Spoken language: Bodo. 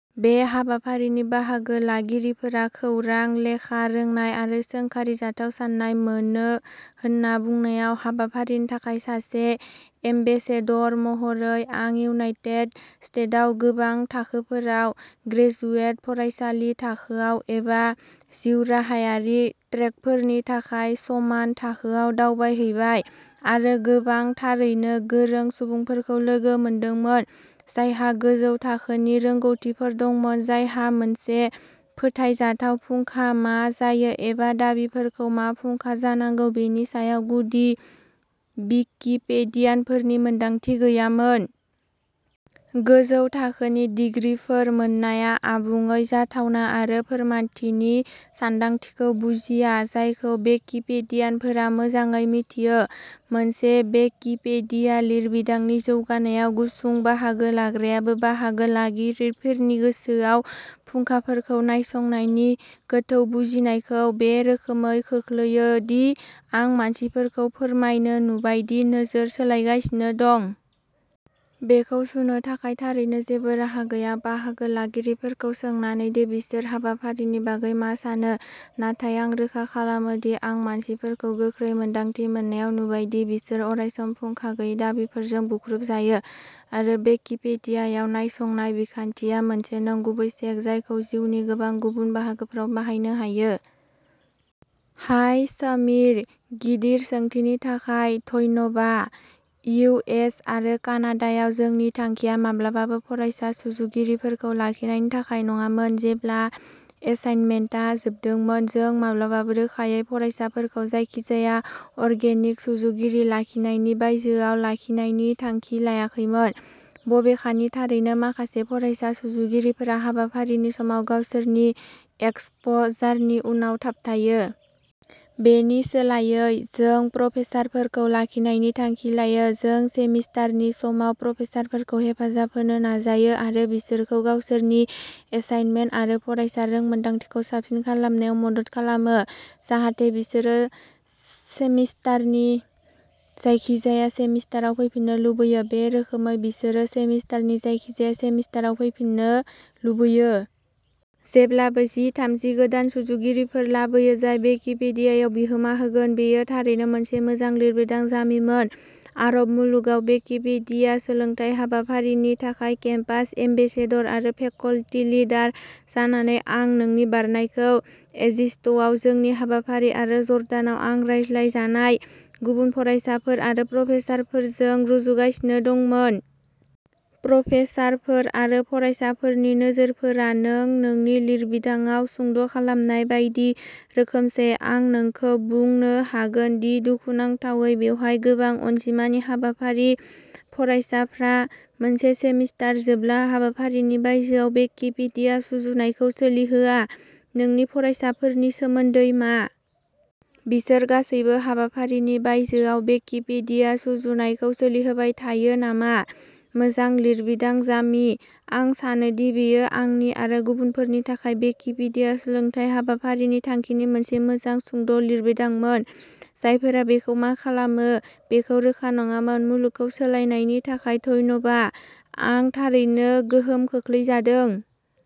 बे हाबाफारिनि बाहागो लागिरिफोरा "खौरां लेखा रोंनाय आरो सोंखारिजाथाव साननाय" मोनो होन्ना बुंनायाव। हाबाफारिनि थाखाय सासे "एम्बेसेडर" महरै, आं इउनायटेड स्टेट्सआव गोबां थाखोफोराव ग्रेजुवेट फरायसालि थाखोआव एबा जिउराहायारि ट्रेकफोरनि थाखाय समान थाखोआव दावबायहैबाय आरो गोबां थारैनो गोरों सुबुंफोरखौ लोगो मोनदोंमोन, जायहा गोजौ थाखोनि रोंग'थिफोर दंमोन, जायहा मोनसे फोथायजाथाव फुंखा मा जायो एबा दाबिफोरखौ मा फुंखा जानांगौ बेनि सायाव गुदि विकिपेडियानफोरनि मोनदांथि गैयामोन। गोजौ थाखोनि डिग्रीफोर मोननाया आबुङै जाथावना आरो "फोरमानथि" नि सानदांथिखौ बुजिया, जायखौ विकिपेडियानफोरा मोजाङै मिथियो। मोनसे विकिपीडिया लिरबिदांनि जौगानायाव गुसुं बाहागो लाग्रायाबो बाहागो लागिरिफोरनि गोसोआव फुंखाफोरखौ नायसंनायनि गोथौ बुजिनायखौ बे रोखोमै खोख्लैयो दि आं मानसिफोरखौ फोरमायनो नुबाय दि नोजोर सोलायगासिनो दं। बेखौ सुनो थाखाय थारैनो जेबो राहा गैया। बाहागो लागिरिफोरखौ सोंनानै दि बिसोर हाबाफारिनि बागै मा सानो, नाथाय आं रोखा खालामो दि आं मानसिफोरखौ गोख्रै मोन्दांथि मोननायाव नुबाय दि बिसोर अरायसम फुंखा गैयै दाबिफोरजों बुख्रुबजायो आरो विकिपीडियायाव नायसंनाय बिखान्थिया मोनसे नंगुबै चेक जायखौ जिउनि गोबां गुबुन बाहागोफोराव बाहायनो हायो। हाय, समीर! गिदिर सोंथिनि थाखाय धन्यबा। इउ. एस. आरो कानाडायाव, जोंनि थांखिया माब्लाबाबो फरायसा सुजुगिरिफोरखौ लाखिनायनि थाखाय नङामोन जेब्ला एसाइनमेन्टआ जोबदोंमोन। जों माब्लाबाबो रोखायै फरायसाफोरखौ जायखिजाया अर्गेनिक सुजुगिरि लाखिनायनि बायजोआव लाखिनायनि थांखि लायाखैमोन, बबेखानि थारैनो माखासे फरायसा सुजुगिरिफोरा हाबाफारिनि समाव गावसोरनि एक्सप'जारनि उनाव थाबथाबो। बेनि सोलायै, जों प्रफेसारफोरखौ लाखिनायनि थांखि लायो। जों सेमिस्टारनि समाव प्रफेसारफोरखौ हेफाजाब होनो नाजायो आरो बिसोरखौ गावसोरनि एसाइनमेन्ट आरो फरायसा रोंमोनदांथिखौ साबसिन खालामनायाव मदद खालामो जाहाथे बिसोरो सेमिस्टारनि जायखिजाया सेमिस्टाराव फैफिननो लुबैयो। बे रोखोमै, बिसोरो सेमिस्टारनि जायखिजाया सेमिस्टाराव फैफिननो लुबैयो। जेब्लाबो जि-थामजि गोदान सुजुगिरिफोर लाबोयो जाय विकिपीडियायाव बिहोमा होगोन। बेयो थारैनो मोनसे मोजां लिरबिदां जामीमोन, आरब मुलुगाव विकिपीडिया सोलोंथाय हाबाफारिनि थाखाय केम्पास एम्बेसेडर आरो फेकल्टी लिडार जानानै आं नोंनि बरनायनायखौ इजिप्टआव जोंनि हाबाफारि आरो जर्डानाव आं रायज्लायजानाय गुबुन फरायसाफोर आरो प्रफेसारफोरजों रुजुगासिनो दंमोन। प्रफेसारफोर आरो फरायसाफोरनि नोजोरफोरा नों नोंनि लिरबिदांआव सुंद'खालामनाय बायदि रोखोमसे। आं नोंखौ बुंनो हागोन दि दुखुनांथावै बेवहाय गोबां अनजिमानि हाबाफारि फरायसाफ्रा मोनसे सेमिस्टार जोबब्ला हाबाफारिनि बायजोआव विकिपीडिया सुजुनायखौ सोलिहोआ, नोंनि फरायसाफोरनि सोमोन्दै मा? बिसोर गासैबो हाबाफारिनि बायजोआव विकिपीडिया सुजुनायखौ सोलिहोबाय थायो नामा? मोजां लिरबिदां जामी। आं सानोदि बेयो आंनि आरो गुबुनफोरनि थाखाय विकिपीडिया सोलोंथाय हाबाफारिनि थांखिनि मोनसे मोजां सुंद'लिरबिदांमोन, जायफोरा बेखौ मा खालामो बेखौ रोखा नङामोन। मुलुगखौ सोलायनायनि थाखाय धन्यबा! आं थारैनो गोहोम खोख्लैजादों।